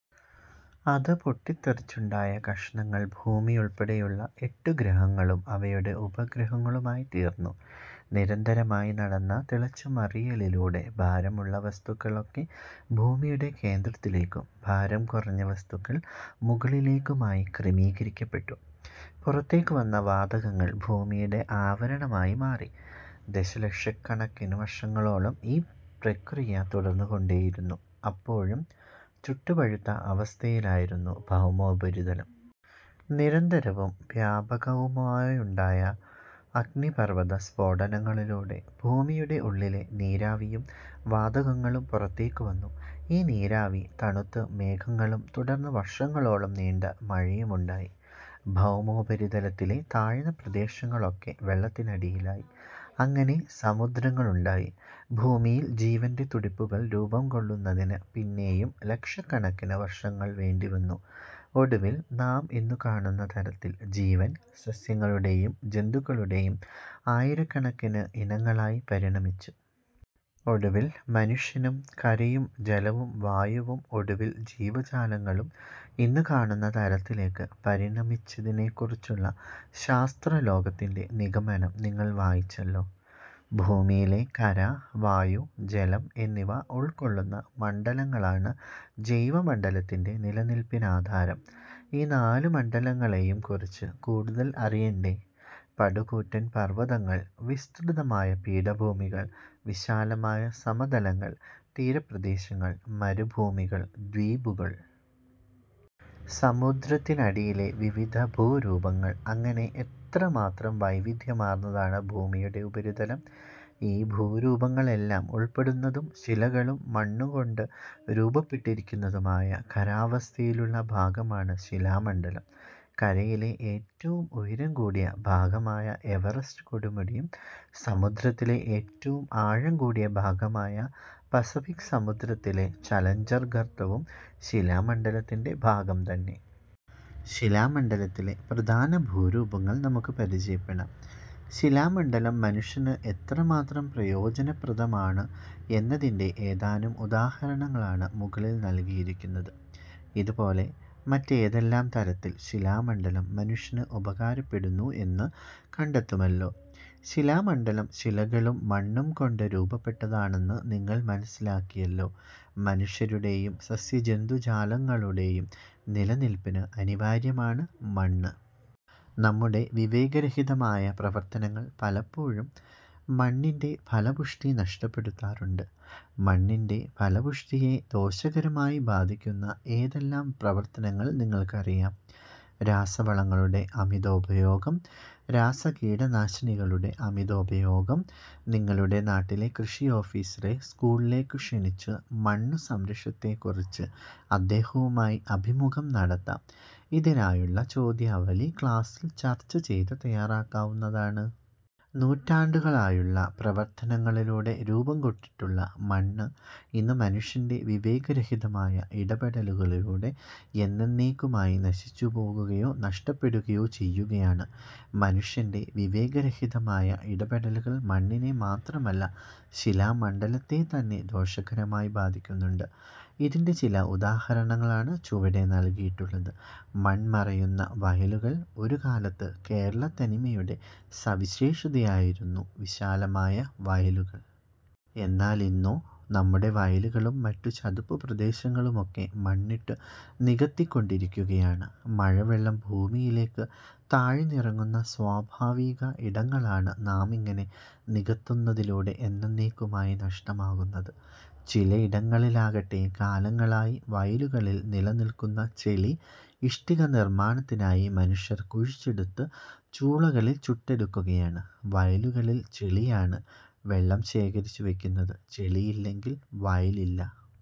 അത് പൊട്ടിത്തെറിച്ചുണ്ടായ കഷണങ്ങൾ ഭൂമി ഉൾപ്പെടെയുള്ള എട്ടു ഗ്രഹങ്ങളും അവയുടെ ഉപഗ്രഹങ്ങളുമായിത്തീർന്നു. നിരന്തരമായി നടന്ന തിളച്ചുമറിയലിലൂടെ ഭാരമുള്ള വസ്തുക്കളൊക്കെ ഭൂമിയുടെ കേന്ദ്രത്തിലേക്കും ഭാരം കുറഞ്ഞ വസ്തുക്കൾ മുകളിലേക്കുമായി ക്രമീകരിക്കപ്പെട്ടു. പുറത്തേക്കു വന്ന വാതകങ്ങൾ ഭൂമിയുടെ ആവരണമായി മാറി. ദശലക്ഷക്കണക്കിനു വർഷങ്ങളോളം ഈ പ്രക്രിയ തുടർന്നുകൊണ്ടേയിരുന്നു. അപ്പോഴും ചുട്ടുപഴുത്ത അവസ്ഥയിലായിരുന്നു ഭൗമോപരിതലം. നിരന്തരവും വ്യാപകവുമായുണ്ടായ അഗ്നിപർവ്വത സ്ഫോടനങ്ങളിലൂടെ ഭൂമിയുടെ ഉള്ളിലെ നീരാവിയും വാതകങ്ങളും പുറത്തേക്കുവന്നു. ഈ നീരാവി തണുത്ത് മേഘങ്ങളും തുടർന്ന് വർഷങ്ങളോളം നീണ്ട മഴയുമുണ്ടായി. ഭൗമോപരിതലത്തിലെ താഴ്ന്ന പ്രദേശങ്ങളൊക്കെ വെള്ളത്തിനടിയിലായി. അങ്ങനെ സമുദ്രങ്ങളുണ്ടായി. ഭൂമിയിൽ ജീവന്റെ തുടിപ്പുകൾ രൂപംകൊള്ളുന്നതിന് പിന്നെയും ലക്ഷക്കണക്കിന് വർഷങ്ങൾ വേണ്ടിവന്നു. ഒടുവിൽ നാം ഇന്നു കാണുന്ന തരത്തിൽ ജീവൻ, സസ്യങ്ങളുടെയും ജന്തുക്കളുടെയും ആയിരക്കണക്കിന് ഇനങ്ങളായി പരിണമിച്ചു... ഒടുവിൽ മനുഷ്യനും. കരയും ജലവും വായുവും ഒടുവിൽ ജീവജാലങ്ങളും ഇന്നു കാണുന്ന തരത്തിലേക്ക് പരിണമിച്ചതിനെക്കുറിച്ചുള്ള ശാസ്ത്രലോകത്തിന്റെ നിഗമനം നിങ്ങൾ വായിച്ചല്ലോ. ഭൂമിയിലെ കര, വായു, ജലം എന്നിവ ഉൾക്കൊള്ളുന്ന മണ്ഡലങ്ങളാണ് ജൈവമണ്ഡലത്തിന്റെ നിലനിൽപ്പിനാധാരം. ഈ നാല് മണ്ഡലങ്ങളെയും കുറിച്ച് കൂടുതൽ അറിയണ്ടേ? പടുകൂറ്റൻ പർവ്വതങ്ങൾ, വിസ്തൃതമായ പീഠഭൂമികൾ, വിശാലമായ സമതലങ്ങൾ, തീര പ്രദേശങ്ങൾ, മരുഭൂമികൾ, ദ്വീപുകൾ... സമുദ്രത്തിനടിയിലെ വിവിധ ഭൂരൂപങ്ങൾ... അങ്ങനെ എത്രമാത്രം വൈവിധ്യമാർന്നതാണ് ഭൂമിയുടെ ഉപരിതലം! ഈ ഭൂരൂപങ്ങളെല്ലാം ഉൾപ്പെടുന്നതും ശിലകളും മണ്ണും കൊണ്ട് രൂപപ്പെട്ടിരിക്കുന്നതുമായ ഖരാവസ്ഥയിലുള്ള ഭാഗമാണ് ശിലാമണ്ഡലം. കരയിലെ ഏറ്റവും ഉയരം കൂടിയ ഭാഗമായ എവറസ്റ്റ് കൊടുമുടിയും സമുദത്തിലെ ഏറ്റവും ആഴം കൂടിയ ഭാഗമായ പസഫിക് സമുദ്രത്തിലെ ചലഞ്ചർ ഗർത്തവും ശിലാമണ്ഡലത്തിന്റെ ഭാഗം തന്നെ! ശിലാമണ്ഡലത്തിലെ പ്രധാന ഭൂരൂപങ്ങൾ നമുക്ക് പരിചയപ്പെടാം. ശിലാമണ്ഡലം മനുഷ്യന് എത്രമാത്രം പ്രയോജനപ്രദമാണ് എന്നതിന്റെ ഏതാനും ഉദാഹരണങ്ങളാണ് മുകളിൽ നൽകിയിരിക്കുന്നത്. ഇതുപോലെ മറ്റേതെല്ലാം തരത്തിൽ ശിലാമണ്ഡലം മനുഷ്യന് ഉപകാരപ്പെടുന്നു എന്നു കണ്ടെത്തുമല്ലോ. ശിലാമണ്ഡലം ശിലകളും മണ്ണും കൊണ്ട് രൂപപ്പെട്ടതാണെന്ന് നിങ്ങൾ മനസ്സിലാക്കിയല്ലോ. മനുഷ്യരുടെയും സസ്യജന്തുജാലങ്ങളുടെയും നിലനിൽപ്പിന് അനിവാര്യമാണ് മണ്ണ്. നമ്മുടെ വിവേകരഹിതമായ പ്രവർത്തനങ്ങൾ പലപ്പോഴും മണ്ണിന്റെ ഫലപുഷ്ടി നഷ്ടപ്പെടുത്താറുണ്ട്. മണ്ണിന്റെ ഫലപുഷ്ടിയെ ദോഷകരമായി ബാധിക്കുന്ന ഏതെല്ലാം പ്രവർത്തനങ്ങൾ നിങ്ങൾക്കറിയാം? രാസവളങ്ങളുടെ അമിതോപയോഗം. രാസകീടനാശിനികളുടെ അമിതോപയോഗം. നിങ്ങളുടെ നാട്ടിലെ കൃഷി ഓഫീസറെ സ്കൂളിലേക്ക് ക്ഷണിച്ചു മണ്ണ് സംരക്ഷണത്തെക്കുറിച്ച് അദ്ദേഹവുമായി അഭിമുഖം നടത്താം. ഇതിനായുള്ള ചോദ്യാവലി ക്ലാസിൽ ചർച്ച ചെയ്ത് തയ്യാറാക്കാവുന്നതാണ്. നൂറ്റാണ്ടുകളായുള്ള പ്രവർത്തനങ്ങളിലൂടെ രൂപംകൊണ്ടിട്ടുള്ള മണ്ണ് ഇന്ന് മനുഷ്യന്റെ വിവേകരഹിതമായ ഇടപെടലുകളിലൂടെ എന്നെന്നേയ്ക്കുമായി നശിച്ചുപോകുകയോ നഷ്ടപ്പെടുകയോ ചെയ്യുകയാണ്. മനുഷ്യന്റെ വിവേകരഹിതമായ ഇടപെടലുകൾ മണ്ണിനെ മാത്രമല്ല ശിലാമണ്ഡലത്തെത്തന്നെ ദോഷകരമായി ബാധിക്കുന്നുണ്ട്. ഇതിന്റെ ചില ഉദാഹരണങ്ങളാണ് ചുവടെ നൽകിയിട്ടുള്ളത്. മൺമറയുന്ന വയലുകൾ. ഒരു കാലത്ത് കേരളത്തനിമയുടെ സവിശേഷതയായിരുന്നു വിശാലമായ വയലുകൾ. എന്നാലിന്നോ? നമ്മുടെ വയലുകളും മറ്റു ചതുപ്പുപ്രദേശങ്ങളുമൊക്കെ മണ്ണിട്ടു നികത്തിക്കൊണ്ടിരിക്കുകയാണ്. മഴവെള്ളം ഭൂമിയിലേക്ക് താഴ്ന്നിറങ്ങുന്ന സ്വാഭാവിക ഇടങ്ങളാണ് നാമിങ്ങനെ നികത്തുന്നതിലൂടെ എന്നെന്നേയ്ക്കുമായി നഷ്ടമാകുന്നത്. ചിലയിടങ്ങളിലാകട്ടെ കാലങ്ങളായി വയലുകളിൽ നിലനിൽക്കുന്ന ചെളി ഇഷ്ടിക നിർമ്മാണത്തിനായി മനുഷ്യർ കുഴിച്ചെടുത്ത് ചൂളകളിൽ ചുട്ടെടുക്കുകയാണ്. വയലുകളിൽ ചെളിയാണ് വെള്ളം ശേഖരിച്ചു വയ്ക്കുന്നത്. ചെളിയില്ലെങ്കിൽ വയലില്ല.